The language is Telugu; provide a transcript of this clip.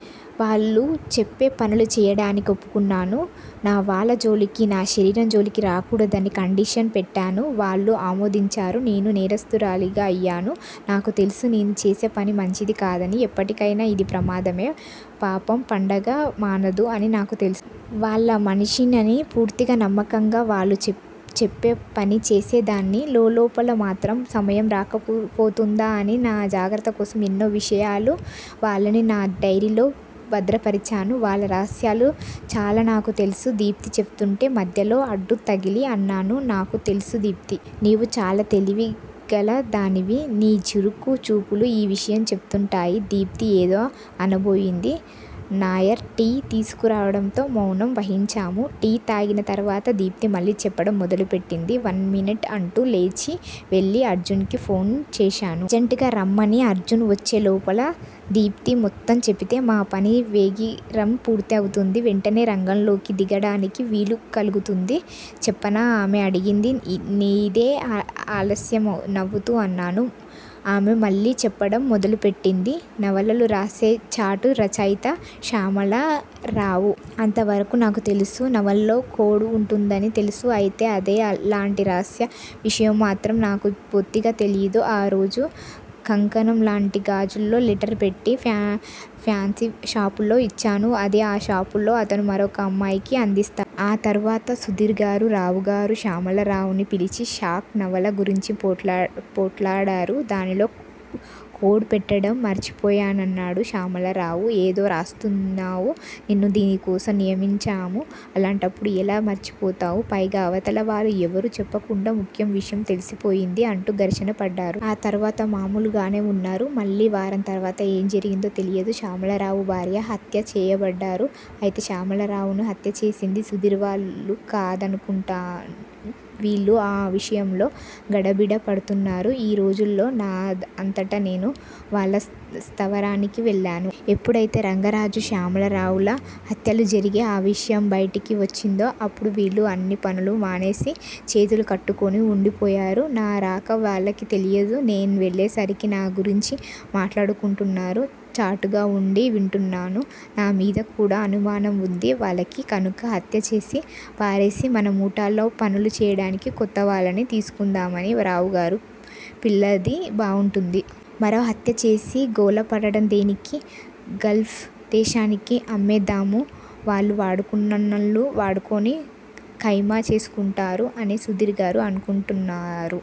వాళ్లు చెప్పే పనులు చేయటానికి ఒప్పుకున్నాను. నా వాళ్ళ జోలికి, నా శరీరం జోలికి రాకూడదని కండిషన్ పెట్టాను. వాళ్ళు ఆమోదించారు. నేను నేరస్తురాలినయ్యాను. నాకు తెలుసు నేను చేసేపని మంచిది కాదని. ఎప్పటికైనా ఇది ప్రమాదమే. పాపం పండక మానదు అని నాకు తెలుసు. వాళ్ళ మనిషినని పూర్తిగా నమ్మకంగా వాళ్ళు చెప్పేపని చేసేదాన్ని. లోలోపల మాత్రం సమయం రాకపోతుందా అని నా జాగ్రత్తకోసం ఎన్నో విషయాలు వాళ్ళని నా డైరీలో భద్రపరిచాను. వాళ్ళ రహస్యాలు చాలా నాకు తెలుసు. దీప్తి చెపుతుంటే మధ్యలో అడ్డుతగిలి అన్నాను. నాకు తెలుసు దీప్తీ! నీవు చాలా తెలివికలదానివి. నీ చురుకు చూపులు ఈ విషయం చెపుతుంటాయి. దీప్తి ఏదో అనబోయింది. నాయర్ టీ తీసుకురావడంతో మౌనం వహించాము. టీ తాగిన తరువాత దీప్తి మళ్ళీ చెప్పటం మొదలు పెట్టింది. One minute! అంటూ లేచి వెళ్ళి అర్జున్ కి ఫోన్ చేశాను. అర్జంట్ గా రమ్మని. అర్జున్ వచ్చే లోపల దీప్తి మొత్తం చెపితే మా పని వేగిరం పూర్తి అవుతుంది. వెంటనే రంగంలోకి దిగటానికి వీలు కలుగుతుంది. చెప్పనా? ఆమె అడిగింది. నీదే ఆలశ్యం నవ్వుతూ అన్నాను. ఆమె మళ్ళీ చెప్పటం మొదలు పెట్టింది. నవలలు రాసే చాటు రచయిత శ్యామలరావు. అంతవరకూ నాకు తెలుసు. నవలలో కోడ్ వుంటుందని తెలుసు. అయితే అదే లాంటి రహస్య విషయం మాత్రం నాకు బొత్తిగా తెలియదు. ఆ రోజు కంకణం లాంటి గాజులో లెటర్ పెట్టి ఫ్యాన్సీ షాపులో ఇచ్చాను. అది ఆ షాపులో అతను మరొక అమ్మాయికి అందిస్తా. ఆ తర్వాత సుధీర్ గారు, రావుగారు, శ్యామలరావుని పిలిచి షాక్ నవల గురించి పోట్లాడారు. దానిలో కోడ్ పెట్టటం మర్చిపోయానన్నాడు శ్యామలరావు. ఏదో రాస్తున్నావు నిన్ను దీనికోసం నియమించాము. అలాంటప్పుడు ఎలా మర్చిపోతావు? పైగా అవతల వాళ్ళు ఎవరూ చెప్పకుండా ముఖ్య విషయం తెలిసిపోయింది. అంటూ ఘర్షణ పడ్డారు. ఆ తర్వాత మామూలుగానే వున్నారు. మళ్ళీ వారం తర్వాత ఏం జరిగిందో తెలియదు. శ్యామలరావు భార్య హత్య చేయబడ్డారు. అయితే శ్యామలరావుని హత్య చేసింది సుధీర్ వాళ్ళు కాదనుకుంటాను. వీళ్ళు ఆ విషయంలో గడబిడ పడుతున్నారు. ఈరోజుల్లో నా అంతట నేను వాళ్ళ స్థవరానికి వెళ్లాను. ఎప్పుడయితే రంగరాజు శ్యామలరావుల హత్యలు జరిగి ఆ విషయం బైటికి వచ్చిందో అప్పుడు వీళ్ళు అన్ని పనులు మానేసి చేతులు కట్టుకుని వుండిపోయారు. నా రాక వాళ్ళకి తెలియదు. నే వెళ్ళేసరికి నా గురించి మాట్లాడుకుంటున్నారు. చాటుగా వుండి వింటున్నాను. నా మీద కూడా అనుమానం వుంది వాళ్ళకి కనుక హత్య చేసి పారేసి మన ముఠాలో పనులు చేయటానికి కొత్త వాళ్ళని తీసుకుందామని రావుగారు, పిల్లది బాగుంటుంది. మరో హత్యచేసి గోల పడటం దేనికి! గల్ఫ్ దేశానికి అమ్మేద్దాము. వాళ్ళు వాడుకున్నాన్నాళ్ళు వాడుకుని కైమా చేసుకుంటారు. అని సుధీర్ గారు అనుకుంటున్నారు.